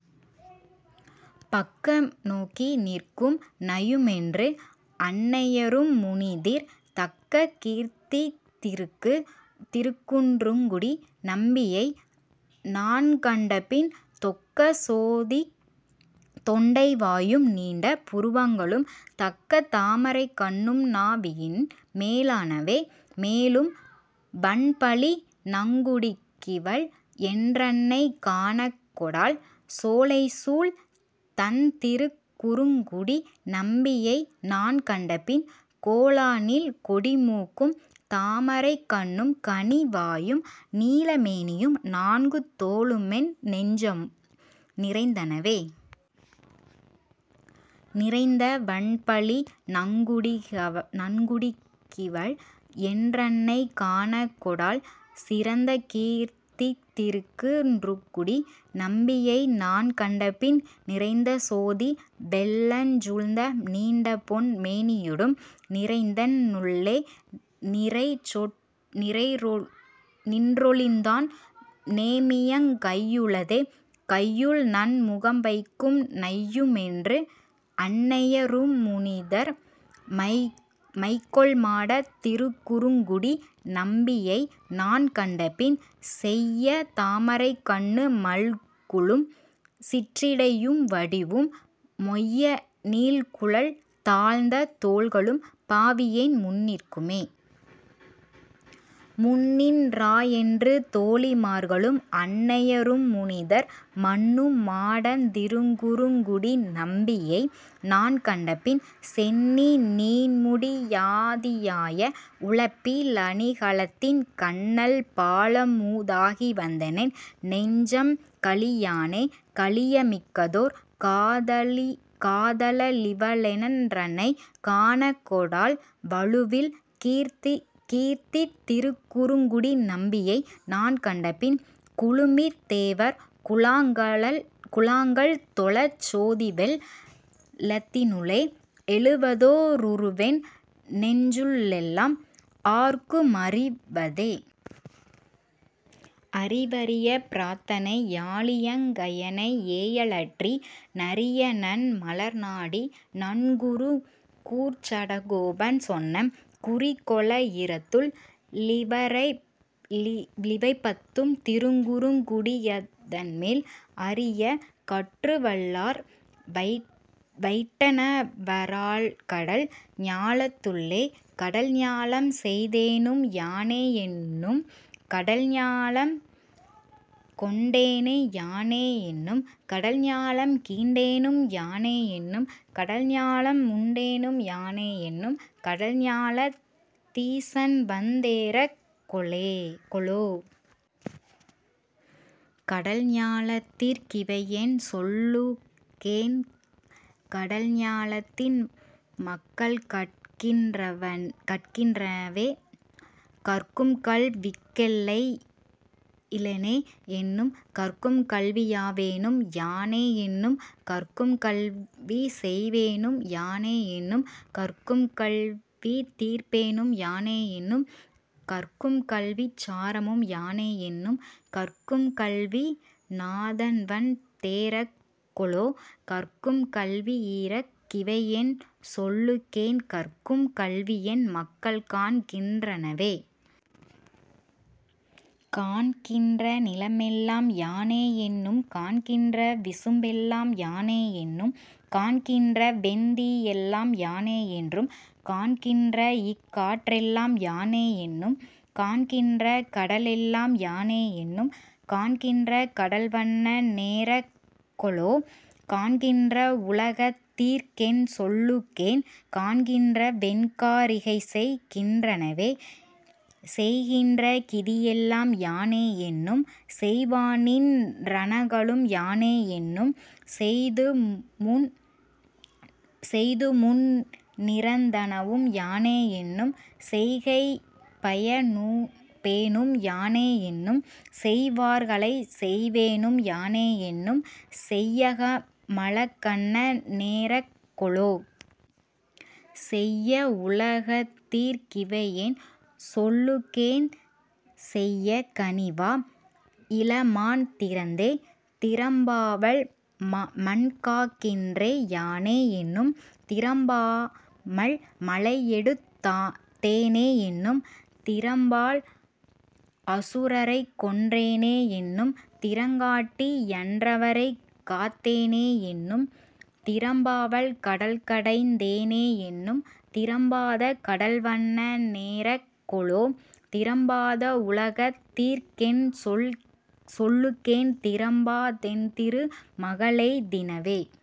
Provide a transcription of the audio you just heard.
பக்கம்நோக்கி நிற்கும் நையுமென்று। அன்னைய ரும்முனிதிர், தக்ககீர்த்திக் திருக்கு றுங்குடி நம்பியை நான்கண்டபின் தொக்கசோதித் தொண்டை வாயும் நீண்ட புருவங்களும், தக்கதாமரைக் கண்ணும் னாவியின் மேலனவே.. மேலும் வன்பழி நங்குடிக்கிவள் என்றன்னை காணக்கொடாள் சோலைசூழ் தண்திருக் குறுங்குடி நம்பியை நான்கண்டபின், கோலநீள் கொடிமூக்கும் தாமரைக் கண்ணும் கனிவாயும், நீலமேனியும் நான்கு தோளுமென் நெஞ்சம் நிறைந்தனவே.. நிறைந்த வன்பழி நங்குடிக்கிவள் என்றன்னை காணக்கொடாள் சிறந்தகீர்த்தித் திருக்கு றுங்குடி நம்பியை நான்கண்டபின், நிறைந்தசோதி வெள்ளஞ் சூழ்ந்த நீண்டபொன் மேனியொடும் நிறைந்தென் னுள்ளே நின்றொழிந்தான் நேமியங் கையுளதே.. கையுள்நன் முகம்வைக்கும் நையுமென்று அன்னைய ரும்முனிதிர், மைகொள் மாடத் திருக்குறுங்குடி நம்பியை நான்கண்டபின், செய்யதாமரைக் கண்ணு மல்குலும் சிற்றிடை யும்வடிவும், மொய்யநீள்குழல் தாழ்ந்த தோள்களும் பாவியேன் முன்னிற்குமே.. முன்னின் றாயென்று தோழிமார்களும் அன்னைய ரும்முனிதிர், மன்னு மாடத் திருக்குறுங்குடி நம்பியை நான்கண்டபின், சென்னி நீண்முடி யாதியாய உலப்பி லணிகலத்தன், கன்னல் பாலமு தாகிவந்தென் நெஞ்சம் கழியானே.. கழியமிக்கதோர் காதல ளிவளென் றன்னை காணக்கொடாள், வழுவில் கீர்த்தித் திருக்குறுங்குடி நம்பியை நான்கண்டபின், குழுமித் தேவர் குழாங்கள்தொழச் சோதிவெள் ளத்தினுள்ளே, எழுவதோ ருருவென் னெஞ்சுள்ளெழும் ஆர்க்கு மறிவரிதே. அறிவரிய பிரானை யாழியங்கையனை யேயலற்றி, நறியநன் மலர்நாடி நன்குருகூர்ச்சடகோபன் சொன்ன, குறிகொளா யிரத்துள் ளிவைபத்தும் திருக்குறுங் குடியதன்மேல் அறியக் கற்றுவல்லார் வைட்டணவராழ்கடல் ஞாலத்துள்ளே. கடல்ஞாலம் செய்தேனும் யானே என்னும் கடல்ஞாலம் ஆவேனும் யானே என்னும், கடல்ஞாலம் கொண்டேனும் யானே என்னும் கடல்ஞாலம் கீண்டேனும் யானே என்னும், கடல்ஞாலம் முண்டேனும் யானே என்னும் கடல்ஞாலத் தீசன்வந் தேறக் கொலோ?, கடல்ஞா லத்தீர்க் கிவையென் சொல்லுகேன் கடல்ஞா லத்தென் மக்கள்கற் கின்றனவே?. கற்கும்கல் விக்கெல்லை யிலனே என்னும் கற்கும்கல்வி யாவேனும் யானே என்னும், கற்கும்கல்வி செய்வேனும் யானே என்னும் கற்கும்கல்வி தீர்ப்பேனும் யானே என்னும், கற்கும்கல்விச் சாரமும் யானே என்னும் கற்கும்கல்வி நாதன்வன் தேறக் கொலோ?, கற்கும் கல்வியீர்க் கிவையென் சொல்லுகேன் கற்கும் கல்வியென் மகள்காண் கின்றனவே?. காண்கின்ற நிலமெல்லாம் யானே என்னும் காண்கின்ற விசும்பெல்லாம் யானே என்னும், காண்கின்ற வெந்தீயெல்லாம் யானே என்னும் காண்கின்ற இக்காற்றெல்லாம் யானே என்னும், காண்கின்ற கடலெல்லாம் யானே என்னும் காண்கின்ற கடல்வண்ண னேறக் கொலோ? காண்கின்ற வுலகத் தீர்க்கென் சொல்லுகேன் காண்கின்ற வென்கா ரிகைசெய் கின்றனவே?. செய்கின்ற கிதியெல்லாம் யானே என்னும் செய்வானின் றனகளும் யானே என்னும், செய்துமுன் னிறந்தனவும் யானே என்னும் செய்கைப்பய னுண்பேனும் யானே என்னும், செய்வார்களைச் செய்வேனும் யானே என்னும் செய்யகம லக்கண்ண னேறக் கொலோ? செய்யவுல கத்தீர்க் கிவையென் சொல்லுகேன் செய்ய கனிவா யிளமான் திறத்தே?. திறம்பாமல் மண்காக்கின்றேன் யானே என்னும் திறம்பாமல் மலையெடுத் தேனே என்னும், திறம்பாமல் அசுரரைக்கொன் றேனே என்னும் திறங்காட்டி யன்றைவரைக் காத்தேனே என்னும், திறம்பாமல் கடல்கடைந் தேனே என்னும் திறம்பாத கடல்வண்ண னேறக் கொலோ? திறம்பாத வுலகத் தீர்க்கென் சொல்லுகேன் திறம்பா தென்திரு மகளெய் தினவே?.